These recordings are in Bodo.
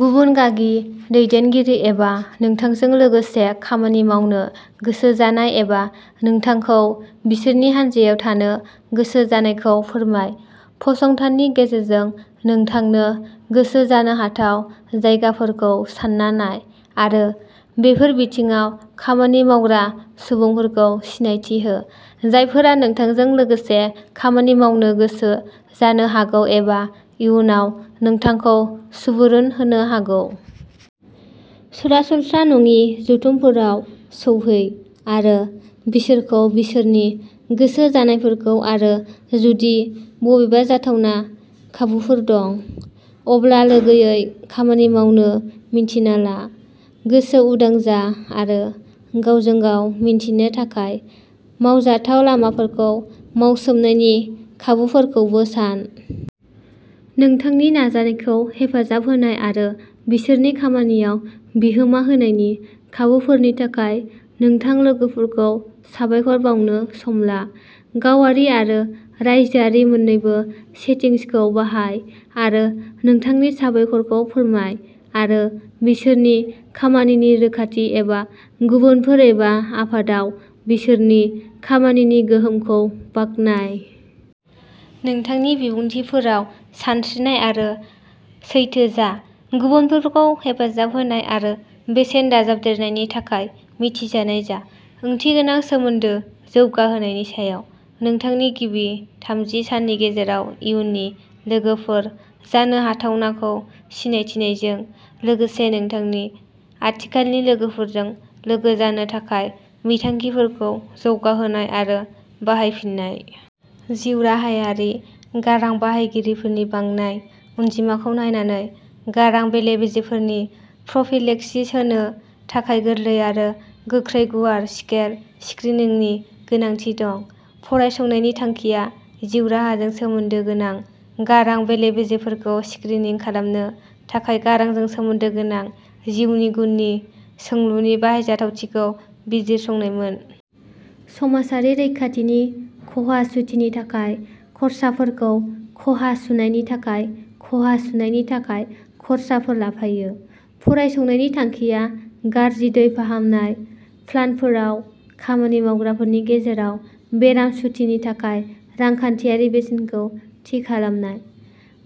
गुबुन गागि दैदेनगिरि एबा नोंथांजों लोगोसे खामानि मावनो गोसो जानाय एबा नोंथांखौ बिसोरनि हान्जायाव थानो गोसो जानायखौ फोरमाय। फसंथाननि गेजेरजों नोंथांनो गोसो जानो हाथाव जायगाफोरखौ सानना नाय आरो बेफोर बिथिङाव खामानि मावग्रा सुबुंफोरखौ सिनायथि हो, जायफोरा नोंथांजों लोगोसे खामानि मावनो गोसो जानो हागौ एबा इयुनाव नोंथांखौ सुबुरुन होनो हागौ। सरासनस्रा नङि जथुमफोराव सौहै आरो बिसोरखौ, बिसोरनि गोसो जानायफोरखौ आरो जुदि बबेबा जाथावना खाबुफोर दं, अब्ला लोगोयै खामानि मावनो मिन्थिना ला। गोसो उदां जा आरो गावजों गाव मिन्थिनो थाखाय मावजाथाव लामाफोरखौ मावसोमनायनि खाबुफोरखौबो सान। नोंथांनि नाजानायखौ हेफाजाब होनाय आरो बिसोरनि खामानियाव बिहोमा होनायनि खाबुफोरनि थाखाय नोंथां लोगोफोरखौ साबायखर बावनो सम ला। गावारि आरो रायजोआरि मोननैबो सेटिंसखौ बाहाय आरो नोंथांनि साबायखरखौ फोरमाय आरो बिसोरनि खामानिनि रोखाथि एबा गुबुनफोर एबा आफादआव बिसोरनि खामानिनि गोहोमखौ बाख्नाय। नोंथांनि बिबुंथिफोराव सानस्रिनाय आरो सैथो जा। गुबुनफोरखौ हेफाजाब होनाय आरो बेसेन दाजाबदेरनायनि थाखाय मिथिजानाय जा। ओंथिगोनां सोमोन्दो जौगाहोनायनि सायाव। नोंथांनि गिबि थामजि साननि गेजेराव, इयुननि लोगोफोर जानो हाथावनाखौ सिनायथिनायजों लोगोसे नोंथांनि आथिखालनि लोगोफोरजों लोगो जानो थाखाय बिथांखिफोरखौ जौगाहोनाय आरो बाहायफिननाय। जिउ राहायारि गारां बाहायगिरिफोरनि बांनाय अनजिमाखौ नायनानै, गारां बेले-बेजेफोरनि प्रफिलेक्सिस होनो थाखाय गोरलै आरो गोख्रै गुवार-स्केल स्क्रिनिंनि गोनांथि दं। फरायसंनायनि थांखिया जिउ राहाजों सोमोन्दो गोनां गारां बेले-बेजेफोरखौ स्क्रिनिं खालामनो थाखाय गारांजों सोमोन्दो गोनां जिउनि गुननि सोंलुनि बाहायजाथावथिखौ बिजिरसंनायमोन। समाजारि रैखाथिनि खहा सुथिनि थाखाय खर्साफोरखौ खहा सुनायनि थाखाय खहा सुनायनि थाखाय खर्साफोर लाफायो। फरायसंनायनि थांखिया गाज्रि दै फाहामनाय प्लान्टफोराव खामानि मावग्राफोरनि गेजेराव बेराम सुथिनि थाखाय रांखान्थियारि बेसेनखौ थि खालामनाय,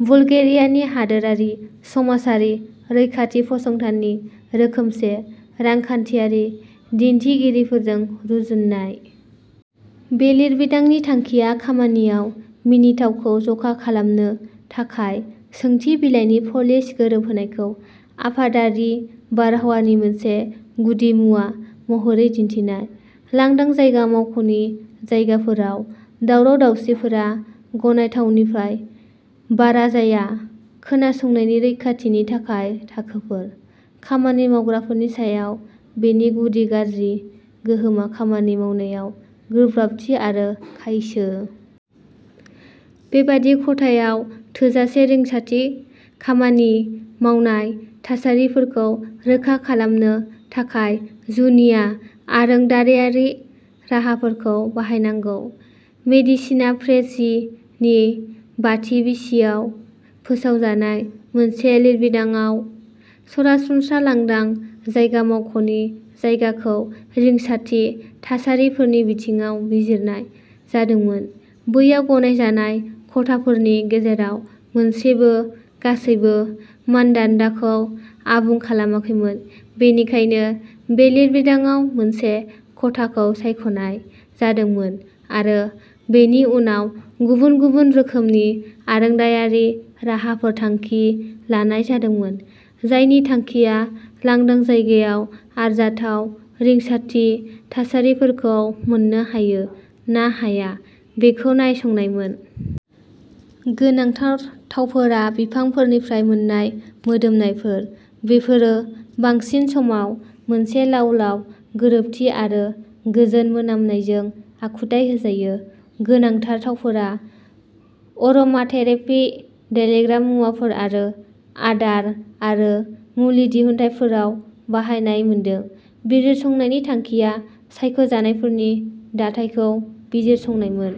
बुलगेरियानि हादोरारि समाजारि रैखाथि फसंथाननि रोखोमसे रांखान्थियारि दिन्थिगिरिफोरजों रुजुननाय। बे लिरबिदांनि थांखिया खामानिआव मिनिथावखौ जखा खालामनो थाखाय सोंथि बिलाइनि पलिश गोरोबहोनायखौ आफादारि बारहावानि मोनसे गुदिमुवा महरै दिन्थिनाय। लांदां जायगा मावख'नि जायगाफोराव दावराव-दावसिफोरा गनायथावनिफ्राय बारा जाया। खोनासंनायनि रैखाथिनि थाखाय थाखोफोर। खामानि मावग्राफोरनि सायाव बेनि गुदि गाज्रि गोहोमआ खामानि मावनायाव गोब्राबथि आरो खायसो। बेबादि खथायाव थोजासे रिंसारथि खामानि मावनाय थासारिफोरखौ रोखा खालामनो थाखाय, जुनिया आरोंदायारि राहाफोरखौ बाहायनांगौ। "मेडिसिना प्रेसि" नि बाथि बिसियाव फोसावजानाय मोनसे लिरबिदांआव, सरासनस्रा लांदां जायगा मावख'नि जायगाखौ रिंसारथि थासारिफोरनि बिथिङाव बिजिरनाय जादोंमोन। बैयाव गनायजानाय खथाफोरनि गेजेराव मोनसेबो गासैबो मानदान्दाखौ आबुं खालामाखैमोन, बेनिखायनो बे लिरबिदांआव मोनसे खथाखौ सायख'नाय जादोंमोन आरो बेनि उनाव गुबुन गुबुन रोखोमनि आरोंदायारि राहाफोर थांखि लानाय जादोंमोन, जायनि थांखिया लांदां जायगायाव आरजाथाव रिंसारथि थासारिफोरखौ मोन्नो हायो ना हाया बेखौ नायसंनायमोन। गोनांथार थावफोरा बिफांफोरनिफ्राय मोन्नाय मोदोमनायफोर। बेफोरो बांसिन समाव मोनसे लाव-लाव गोरोबथि आरो गोजोन मोनामनायजों आखुथाइ होजायो। गोनांथार थावफोरा अरोमाथेरापि, देलायग्रा मुवाफोर आरो आदार आरो मुलि दिहुनथायफोराव बाहायनाय मोनदों। बिजिरसंनायनि थांखिया सायख'जानायफोरनि दाथायखौ बिजिरसंनायमोन।